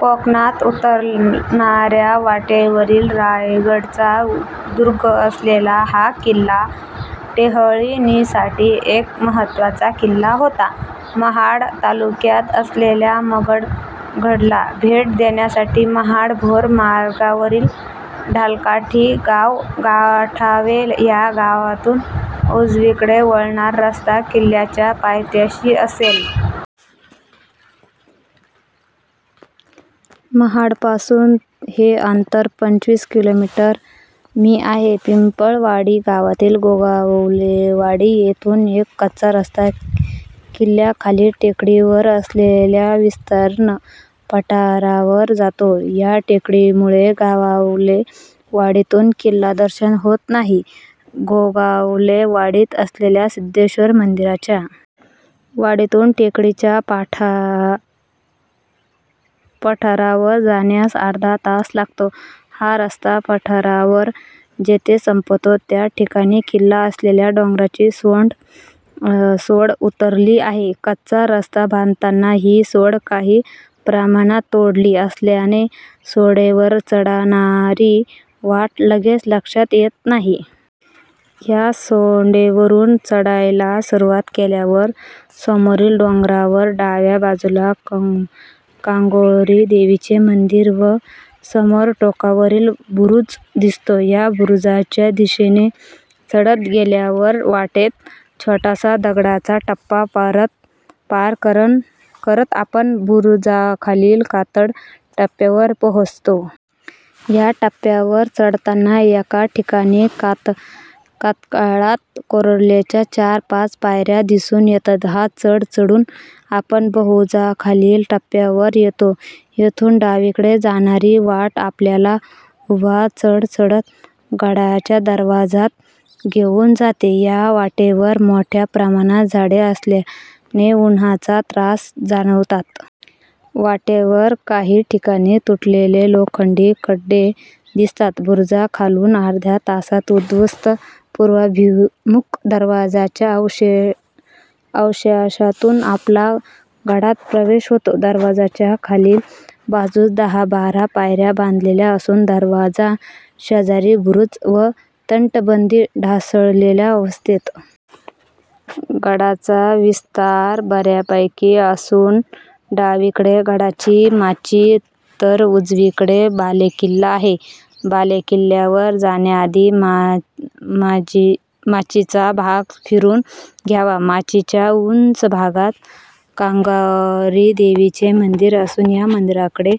कोकणात उतरणाऱ्या वाटेवरील रायगडचा उपदुर्ग असलेला हा किल्ला टेहळणीसाठी एक महत्वाचा किल्ला होता. महाड तालुक्यात असलेल्या मंगळगडला भेट देण्यासाठी महाड भोर मार्गावरील ढालकाठी गाव गाठावे. या गावातुन उजवीकडे वळणारा रस्ता किल्ल्याच्या पायथ्याशी असलेल्या पिंपळवाडी गावात जातो. महाडपासून हे अंतर पंचवीस किलोमीटर. मी. आहे. पिंपळवाडी गावातील गोगावलेवाडी येथुन एक कच्चा रस्ता किल्ल्याखालील टेकडीवर असलेल्या विस्तीर्ण पठारावर जातो. या टेकडीमुळे गोगावले वाडीतुन किल्लादर्शन होत नाही. गोगावले वाडीत असलेल्या सिध्देश्वर मंदिराच्या मागील बाजूस विरगळ व प्राचीन मुर्ती पहायला मिळतात. वाडीतून टेकडीच्या पठारावर जाण्यास अर्धा तास लागतो. हा रस्ता पठारावर जेथे संपतो त्या ठिकाणी किल्ला असलेल्या डोंगराची सोंड उतरली आहे. कच्चा रस्ता बांधताना हि सोंड काही प्रमाणात तोडली असल्याने सोंडेवर चढणारी वाट लगेच लक्षात येत नाही. या सोंडेवरून चढायला सुरवात केल्यावर समोरील डोंगरावर डाव्या बाजुला कांगोरी देवीचे मंदीर व समोर टोकावरील बुरुज दिसतो. या बुरुजाच्या दिशेने चढत गेल्यावर वाटेत छोटासा दगडांचा टप्पा पार करत आपण बुरुजाखालील कातळ टप्प्यावर पोहोचतो. या टप्प्यावर चढताना एका ठिकाणी कातळात कोरलेल्या चार-पाच पायऱ्या दिसुन येतात. हा चढ चढुन आपण बुरुजाखालील टप्प्यावर येतो. येथुन डावीकडे जाणारी वाट आपल्याला उभा चढ चढत गडाच्या दरवाजात घेऊन जाते. या वाटेवर मोठया प्रमाणात झाडे असल्याने उन्हाचा त्रास जाणवत नाही. वाटेवर काही ठिकाणी तुटलेले लोखंडी कठडे दिसतात. बुरुजाखालुन अर्ध्या तासात उध्वस्त पुर्वाभिमुख दरवाजाच्या अवशेषातुन आपला गडात प्रवेश होतो. दरवाजाच्या खालील बाजूस दहाबारा पायऱ्या बांधलेल्या असुन दरवाजा शेजारील बुरुज व तटबंदी ढासळलेल्या अवस्थेत आहेत. गडाचा विस्तार बऱ्यापैकी असुन डावीकडे गडाची माची तर उजवीकडे बालेकिल्ला आहे. बालेकिल्ल्यावर जाण्याआधी माचीचा भाग फिरून घ्यावा. माचीच्या उंच भागात कांगोरी देवीचे मंदीर असुन या मंदिराकडे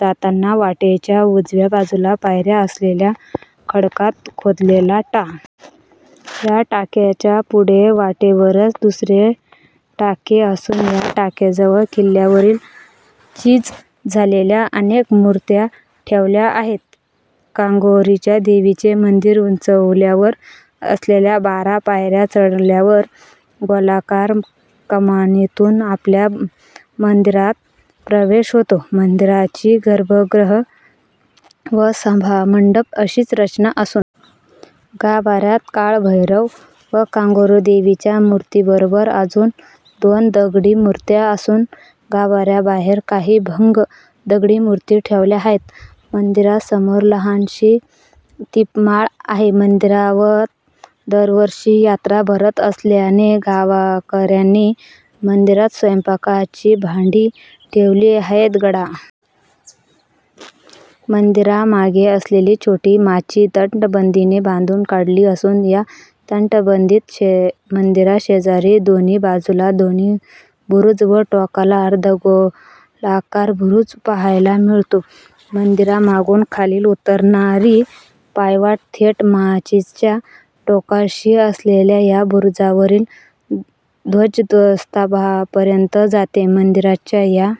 जाताना वाटेच्या उजव्या बाजुला पायऱ्या असलेले खडकात खोदलेले टाके पहायला मिळते. या टाक्याच्या पुढे वाटेवरच दुसरे टाके असुन या टाक्याजवळ किल्ल्यावरील झीज झालेल्या अनेक मुर्त्या ठेवल्या आहेत. कांगोरी देवीचे मंदीर उंचवट्यावर असल्याने बारा पायऱ्या चढल्यावर गोलाकार कमानीतुन आपला मंदिरात प्रवेश होतो. मंदिराची गर्भगृह व सभामंडप अशी रचना असुन सभामंडपावरील छत कोसळलेले आहे. गाभाऱ्यात काळभैरव व कांगोरीदेवीच्या मुर्तीबरोबर अजुन दोन दगडी मूर्त्या असुन गाभाऱ्याबाहेर काही भग्न दगडी मुर्ती ठेवल्या आहेत. मंदीरासमोर लहानशी दीपमाळ आहे. मंदिरात दरवर्षी यात्रा भरत असल्याने गावकऱ्यानी मंदिरात स्वयंपाकाची भांडी ठेवली आहेत. गडावर रहायचे झाल्यास पावसाळा सोडुन येथे रहाता येईल. मंदिरामागे असलेली छोटी माची तटबंदीने बांधुन काढली असुन या तटबंदीत मंदिराशेजारी दोन्ही बाजुला दोन बुरुज व टोकाला अर्धगोलाकार बुरुज पहायला मिळतो. मंदिरामागुन खाली उतरणारी पायवाट थेट माचीच्या टोकाशी असलेल्या या बुरुजावरील ध्वजस्तंभापर्यंत जाते. माचीच्या या टोकावरुन जावळीच्या खोऱ्यातील दूरवरच्या--